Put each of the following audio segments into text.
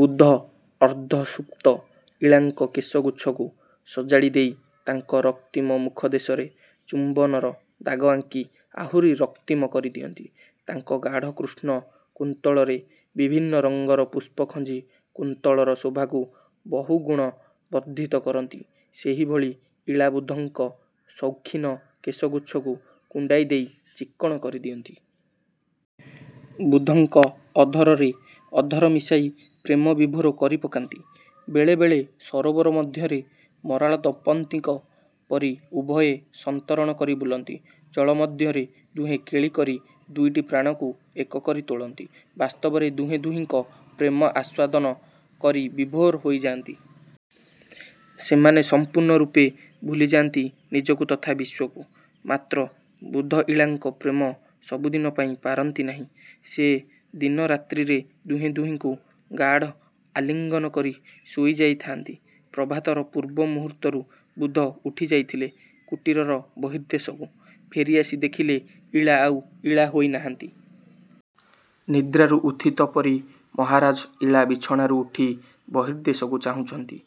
ବୁଧ ଅର୍ଦ୍ଧସୁପ୍ତ ଇଳାଙ୍କ କେଶଗୁଚ୍ଛକୁ ସଜାଡ଼ି ଦେଇ ତାଙ୍କ ରକ୍ତିମ ମୁଖଦେଶରେ ଚୁମ୍ୱନର ଦାଗ ଆଙ୍କି ଆହୁରି ରକ୍ତିମ କରିଦିଅନ୍ତି। ତାଙ୍କ ଗାଢ଼ କୃଷ୍ଣ କୁନ୍ତଳରେ ବିଭିନ୍ନ ରଙ୍ଗର ପୁଷ୍ପ ଖଞ୍ଜି କୁନ୍ତଳର ଶୋଭାକୁ ବହୁଗୁଣ ବର୍ଦ୍ଧିତ କରନ୍ତି। ସେହିଭଳି ଇଳା ବୁଧଙ୍କ ସୌଖିନ କେଶଗୁଚ୍ଛକୁ କୁଣ୍ଡାଇ ଦେଇ ଚିକ୍କଣ କରି ଦିଅନ୍ତି। ବୁଧଙ୍କ ଅଧରରେ ଅଧର ମିଶାଇ ପ୍ରେମ ବିଭୋର କରିପକାନ୍ତି। ବେଳେ ବେଳେ ସରୋବର ମଧ୍ୟରେ ମରାଳ ଦମ୍ପତ୍ତିଙ୍କ ପରି ଉଭୟେ ସନ୍ତରଣ କରି ବୁଲନ୍ତି। ଜଳ ମଧ୍ୟରେ ଦୁହେଁ କେଳି କରି ଦୁଇଟି ପ୍ରାଣକୁ ଏକ କରି ତୋଳନ୍ତି। ବାସ୍ତବରେ ଦୁହେଁ ଦୁହିଁଙ୍କ ପ୍ରେମ ଆସ୍ୱାଦନ କରି ବିଭୋର ହୋଇଯାଆନ୍ତି। ସେମାନେ ସଂପୂର୍ଣ୍ଣ ରୂପେ ଭୁଲିଯାଆନ୍ତି ନିଜକୁ ତଥା ବିଶ୍ୱକୁ। ମାତ୍ର ବୁଧ ଇଳାଙ୍କ ପ୍ରେମ ସବୁଦିନ ପାଇ ପାରନ୍ତି ନାହିଁ। ସେ ଦିନ ରାତ୍ରିରେ ଦୁହେଁ ଦୁହିଁଙ୍କୁ ଗାଢ଼ ଆଲିଙ୍ଗନ କରି ଶୋଇଯାଇ ଥାଆନ୍ତି। ପ୍ରଭାତର ପୂର୍ବ ମୁହୂର୍ତ୍ତରୁ ବୁଧ ଉଠିଯାଇଥିଲେ କୁଟୀରର ବର୍ହିଦେଶକୁ। ଫେରିଆସି ଦେଖିଲେ ଇଳା ଆଉ ଇଳା ହୋଇ ନାହାନ୍ତି। ନିଦ୍ରାରୁ ଉତ୍ଥିତ ପରି ମହାରାଜ ଇଳା ବିଛଣାରୁ ଉଠି ବର୍ହିଦେଶକୁ ଚାହୁଁଛନ୍ତି।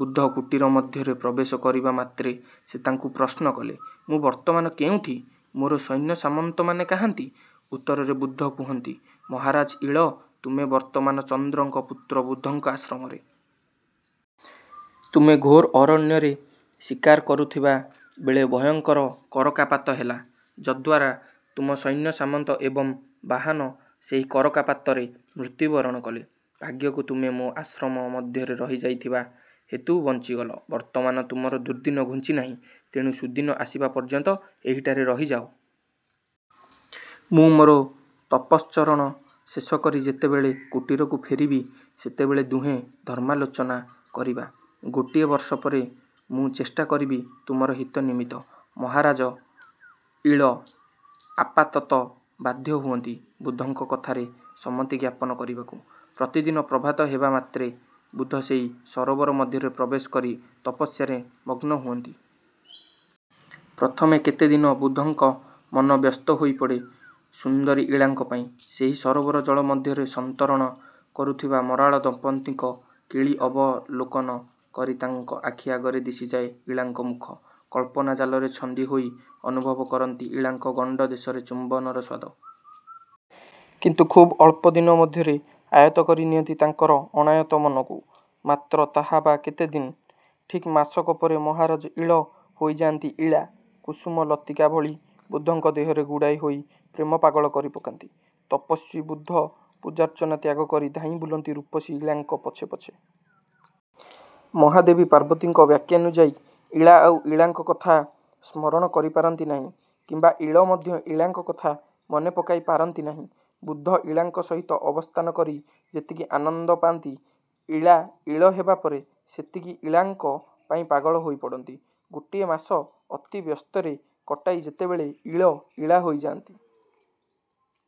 ବୁଧ କୁଟୀର ମଧ୍ୟରେ ପ୍ରବେଶ କରିବା ମାତ୍ରେ ସେ ତାଙ୍କୁ ପ୍ରଶ୍ନ କଲେ, ମୁଁ ବର୍ତ୍ତମାନ କେଉଁଠି? ମୋର ସୈନ୍ୟସାମନ୍ତମାନେ କାହାନ୍ତି? ଉତ୍ତରରେ ବୁଧ କୁହନ୍ତି, ମହାରାଜ ଇଳ, ତୁମେ ବର୍ତ୍ତମାନ ଚନ୍ଦ୍ରଙ୍କ ପୁତ୍ର ବୁଧଙ୍କ ଆଶ୍ରମରେ। ତୁମେ ଘୋର ଅରଣ୍ୟରେ ଶିକାର କରୁଥିବା ବେଳେ ଭୟଙ୍କର କରକାପାତ ହେଲା ଯଦ୍ୱାରା ତୁମ ସୈନ୍ୟସାମନ୍ତ ଏବଂ ବାହନ ସେହି କରକା ପାତରେ ମୃତ୍ୟୁ ବରଣ କଲେ। ଭାଗ୍ୟକୁ ତୁମେ ମୋ ଆଶ୍ରମ ମଧ୍ୟର ରହିଯାଇଥିବା ହେତୁ ବଞ୍ଚିଗଲ। ବର୍ତ୍ତମାନ ତୁମର ଦୁର୍ଦ୍ଦିନ ଘୁଞ୍ଚିନାହିଁ। ତେଣୁ ସୁଦିନ ଆସିବା ପର୍ଯ୍ୟନ୍ତ ଏହିଠାରେ ରହିଯାଅ। ମୁଁ ମୋର ତପଶ୍ଚରଣ ଶେଷକରି ଯେତେବେଳେ କୁଟୀରକୁ ଫେରିବି ସେତେବେଳେ ଦୁହେଁ ଧର୍ମାଲୋଚନା କରିବା। ଗୋଟିଏ ବର୍ଷ ପରେ ମୁଁ ଚେଷ୍ଟାକରିବି ତୁମର ହିତ ନିମିତ୍ତ। ମହାରାଜ ଇଳ ଆପାତତଃ ବାଧ୍ୟ ହୁଅନ୍ତି ବୁଧଙ୍କ କଥାରେ ସମ୍ମତ୍ତିଜ୍ଞାପନ କରିବାକୁ। ପ୍ରତିଦିନ ପ୍ରଭାତ ହେବା ମାତ୍ରେ ବୁଧ ସେହି ସରୋବର ମଧ୍ୟରେ ପ୍ରବେଶ କରି ତପସ୍ୟାରେ ମଗ୍ନ ହୁଅନ୍ତି। ପ୍ରଥମେ କେତେ ଦିନ ବୁଧଙ୍କ ମନ ବ୍ୟସ୍ତ ହୋଇପଡ଼େ ସୁନ୍ଦରୀ ଇଳାଙ୍କ ପାଇଁ। ସେହି ସରୋବର ଜଳ ମଧ୍ୟରେ ସନ୍ତରଣ କରୁଥିବା ମରାଳ ଦମ୍ପତ୍ତିଙ୍କ କେଳି ଅବଲୋକନ କରି ତାଙ୍କ ଆଖି ଆଗରେ ଦିଶିଯାଏ ଇଳାଙ୍କ ମୁଖ। କଳ୍ପନା ଜାଲରେ ଛନ୍ଦି ହୋଇ ଅନୁଭବ କରନ୍ତି ଇଳାଙ୍କ ଗଣ୍ଡଦେଶରେ ଚୁମ୍ୱନର ସ୍ୱାଦ। କିନ୍ତୁ ଖୁବ୍ ଅଳ୍ପଦିନ ମଧ୍ୟରେ ଆୟତ କରି ନିଅନ୍ତି ତାଙ୍କର ଅଣାୟତ ମନକୁ। ମାତ୍ର ତାହା ବା କେତେଦିନ? ଠିକ୍ ମାସକ ପରେ ମହାରାଜ ଇଳ ହୋଇଯାଆନ୍ତି ଇଳା। କୁସୁମ ଲତିକା ଭଳି ବୁଧଙ୍କ ଦେହରେ ଗୁଡ଼ାଇ ହୋଇ ପ୍ରେମ ପାଗଳ କରିପକାନ୍ତି। ତପସ୍ୱୀ ବୁଧ ପୂଜାର୍ଚ୍ଚନା ତ୍ୟାଗ କରି ଧାଇଁ ବୁଲନ୍ତି ରୂପସୀ ଇଳାଙ୍କ ପଛେ ପଛେ। ମହାଦେବୀ ପାର୍ବତୀଙ୍କ ବାକ୍ୟାନୁଯାୟୀ ଇଳା ଆଉ ଇଳାଙ୍କ କଥା ସ୍ମରଣ କରିପାରନ୍ତି ନାହିଁ କିମ୍ୱା ଇଳ ମଧ୍ୟ ଇଳାଙ୍କ କଥା ମନେପକାଇ ପାରନ୍ତି ନାହିଁ। ବୁଧ ଇଳାଙ୍କ ସହିତ ଅବସ୍ଥାନ କରି ଯେତିକି ଆନନ୍ଦପାନ୍ତି, ଇଳା ଇଳ ହେବା ପରେ ସେତିକି ଇଳାଙ୍କ ପାଇଁ ପାଗଳ ହୋଇପଡ଼ନ୍ତି-। ଗୋଟିଏ ମାସ ଅତି ବ୍ୟସ୍ତରେ କଟାଇ ଯେତେବେଳେ ଇଳ ଇଳା ହୋଇଯାଆନ୍ତି